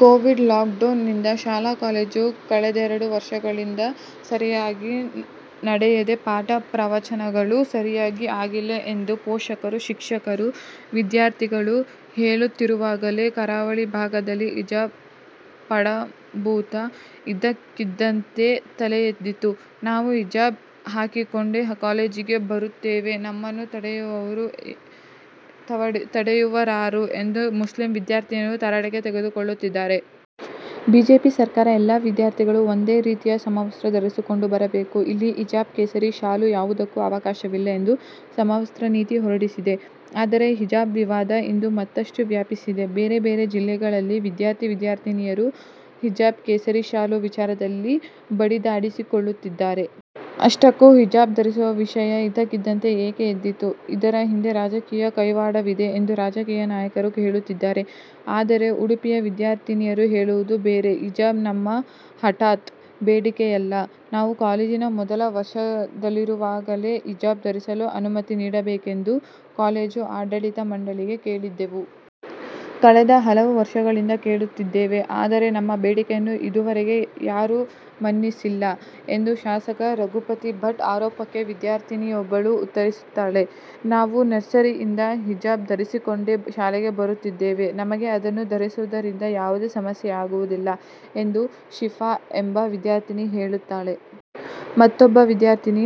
Covid lockdown ನಿಂದ ಶಾಲಾ-ಕಾಲೇಜು ಕಳೆದೆರಡು ವರ್ಷಗಳಿಂದ ಸರಿಯಾಗಿ ನಡೆಯದೆ ಪಾಠ-ಪ್ರವಚನಗಳು ಸರಿಯಾಗಿ ಆಗಿಲ್ಲ ಎಂದು ಪೋಷಕರು, ಶಿಕ್ಷಕರು, ವಿದ್ಯಾರ್ಥಿಗಳು ಹೇಳುತ್ತಿರುವಾಗಲೇ ಕರಾವಳಿ ಭಾಗದಲ್ಲಿ ಹಿಜಾಬ್ ಪಡಂಭೂತ ಇದ್ದಕ್ಕಿದ್ದಂತೆ ತಲೆಯೆದ್ದಿತು. ನಾವು ಹಿಜಾಬ್ ಹಾಕಿಕೊಂಡೇ ಕಾಲೇಜಿಗೆ ಬರುತ್ತೇವೆ, ನಮ್ಮನ್ನು ತಡೆಯುವವರಾರು ಎಂದು ಮುಸ್ಲಿಂ ವಿದ್ಯಾರ್ಥಿನಿಯರು ತರಾಟೆಗೆ ತೆಗೆದುಕೊಳ್ಳುತ್ತಿದ್ದಾರೆ. ಬಿಜೆಪಿ ಸರ್ಕಾರ ಎಲ್ಲಾ ವಿದ್ಯಾರ್ಥಿಗಳು ಒಂದೇ ರೀತಿಯ ಸಮವಸ್ತ್ರ ಧರಿಸಿಕೊಂಡು ಬರಬೇಕು, ಇಲ್ಲಿ ಹಿಜಾಬ್, ಕೇಸರಿ ಶಾಲು ಯಾವುದಕ್ಕೂ ಅವಕಾಶವಿಲ್ಲ ಎಂದು ಸಮವಸ್ತ್ರ ನೀತಿ ಹೊರಡಿಸಿದೆ. ಆದರೆ ಹಿಜಾಬ್ ವಿವಾದ ಇಂದು ಮತ್ತಷ್ಟು ವ್ಯಾಪಿಸಿದೆ. ಬೇರೆ ಬೇರೆ ಜಿಲ್ಲೆಗಳಲ್ಲಿ ವಿದ್ಯಾರ್ಥಿ-ವಿದ್ಯಾರ್ಥಿನಿಯರು ಹಿಜಾಬ್ / ಕೇಸರಿ ಶಾಲು ವಿಚಾರದಲ್ಲಿ ಬಡಿದಾಡಿಕೊಳ್ಳುತ್ತಿದ್ದಾರೆ. ಅಷ್ಟಕ್ಕೂ ಹಿಜಾಬ್ ಧರಿಸುವ ವಿಷಯ ಇದ್ದಕ್ಕಿದ್ದಂತೆ ಏಕೆ ಎದ್ದಿತು, ಇದರ ಹಿಂದೆ ರಾಜಕೀಯ ಕೈವಾಡವಿದೆ ಎಂದು ರಾಜಕೀಯ ನಾಯಕರು ಹೇಳುತ್ತಿದ್ದಾರೆ. ಆದರೆ ಉಡುಪಿಯ ವಿದ್ಯಾರ್ಥಿನಿಯರು ಹೇಳುವುದು ಬೇರೆ. ಹಿಜಾಬ್ ನಮ್ಮ ಹಠಾತ್ ಬೇಡಿಕೆಯಲ್ಲ, ನಾವು ಕಾಲೇಜಿನ ಮೊದಲ ವರ್ಷದಲ್ಲಿರುವಾಗಲೇ ಹಿಜಾಬ್ ಧರಿಸಲು ಅನುಮತಿ ನೀಡಬೇಕೆಂದು ಕಾಲೇಜು ಆಡಳಿತ ಮಂಡಳಿಗೆ ಕೇಳಿದ್ದೆವು. ಕಳೆದ ಹಲವು ವರ್ಷಗಳಿಂದ ಕೇಳುತ್ತಿದ್ದೇವೆ. ಆದರೆ ನಮ್ಮ ಬೇಡಿಕೆಯನ್ನು ಇದುವರೆಗೆ ಯಾರೂ ಮನ್ನಿಸಿಲ್ಲ ಎಂದು ಶಾಸಕ ರಘುಪತಿ ಭಟ್ ಆರೋಪಕ್ಕೆ ವಿದ್ಯಾರ್ಥಿನಿಯೊಬ್ಬಳು ಉತ್ತರಿಸುತ್ತಾಳೆ. ನಾವು ನರ್ಸರಿಯಿಂದ ಹಿಜಾಬ್ ಧರಿಸಿಕೊಂಡೇ ಶಾಲೆಗೆ ಬರುತ್ತಿದ್ದೇವೆ. ನಮಗೆ ಅದನ್ನು ಧರಿಸುವುದರಿಂದ ಯಾವುದೇ ಸಮಸ್ಯೆಯಾಗುವುದಿಲ್ಲ ಎಂದು ಶಿಫಾ ಎಂಬ ವಿದ್ಯಾರ್ಥಿನಿ ಹೇಳುತ್ತಾಳೆ. ಮತ್ತೊಬ್ಬ ವಿದ್ಯಾರ್ಥಿನಿ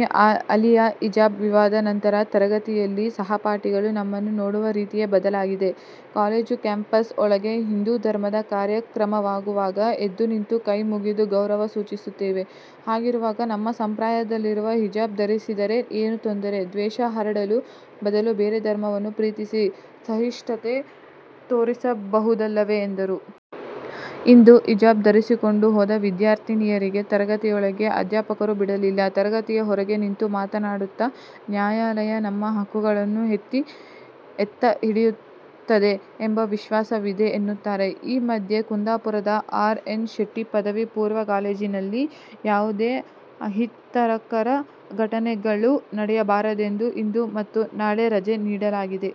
ಅಲಿಯಾ, ಹಿಜಾಬ್ ವಿವಾದ ನಂತರ ತರಗತಿಯಲ್ಲಿ ಸಹಪಾಠಿಗಳು ನಮ್ಮನ್ನು ನೋಡುವ ರೀತಿಯೇ ಬದಲಾಗಿದೆ. ಕಾಲೇಜು ಕ್ಯಾಂಪಸ್ ಒಳಗೆ ಹಿಂದೂ ಧರ್ಮದ ಕಾರ್ಯಕ್ರಮವಾಗುವಾಗ ಎದ್ದುನಿಂತು ಕೈ ಮುಗಿದು ಗೌರವ ಸೂಚಿಸುತ್ತೇವೆ. ಹಾಗಿರುವಾಗ ನಮ್ಮ ಸಂಪ್ರದಾಯದಲ್ಲಿರುವ ಹಿಜಾಬ್ ಧರಿಸಿದರೆ ಏನು ತೊಂದರೆ, ದ್ವೇಷ ಹರಡುವ ಬದಲು ಬೇರೆ ಧರ್ಮವನ್ನು ಪ್ರೀತಿಸಿ ಸಹಿಷ್ಣುತೆ ತೋರಿಸಬಹುದಲ್ಲವೇ ಎಂದರು. ಇಂದು ಹಿಜಾಬ್ ಧರಿಸಿಕೊಂಡು ಹೋದ ವಿದ್ಯಾರ್ಥಿನಿಯರಿಗೆ ತರಗತಿಯೊಳಗೆ ಅಧ್ಯಾಪಕರು ಬಿಡಲಿಲ್ಲ. ತರಗತಿಯ ಹೊರಗೆ ನಿಂತು ಮಾತನಾಡುತ್ತಾ, ನ್ಯಾಯಾಲಯ ನಮ್ಮ ಹಕ್ಕುಗಳನ್ನು ಎತ್ತು ಹಿಡಿಯುತ್ತದೆ ಎಂಬ ವಿಶ್ವಾಸವಿದೆ ಎನ್ನುತ್ತಾರೆ. ಈ ಮಧ್ಯೆ, ಕುಂದಾಪುರದ ಆರ್ ಎನ್ ಶೆಟ್ಟಿ ಪದವಿ ಪೂರ್ವ ಕಾಲೇಜಿನಲ್ಲಿ ಯಾವುದೇ ಅಹಿತಕರ ಘಟನೆಗಳು ನಡೆಯಬಾರದೆಂದು ಇಂದು ಮತ್ತು ನಾಳೆ ರಜೆ ನೀಡಲಾಗಿದೆ.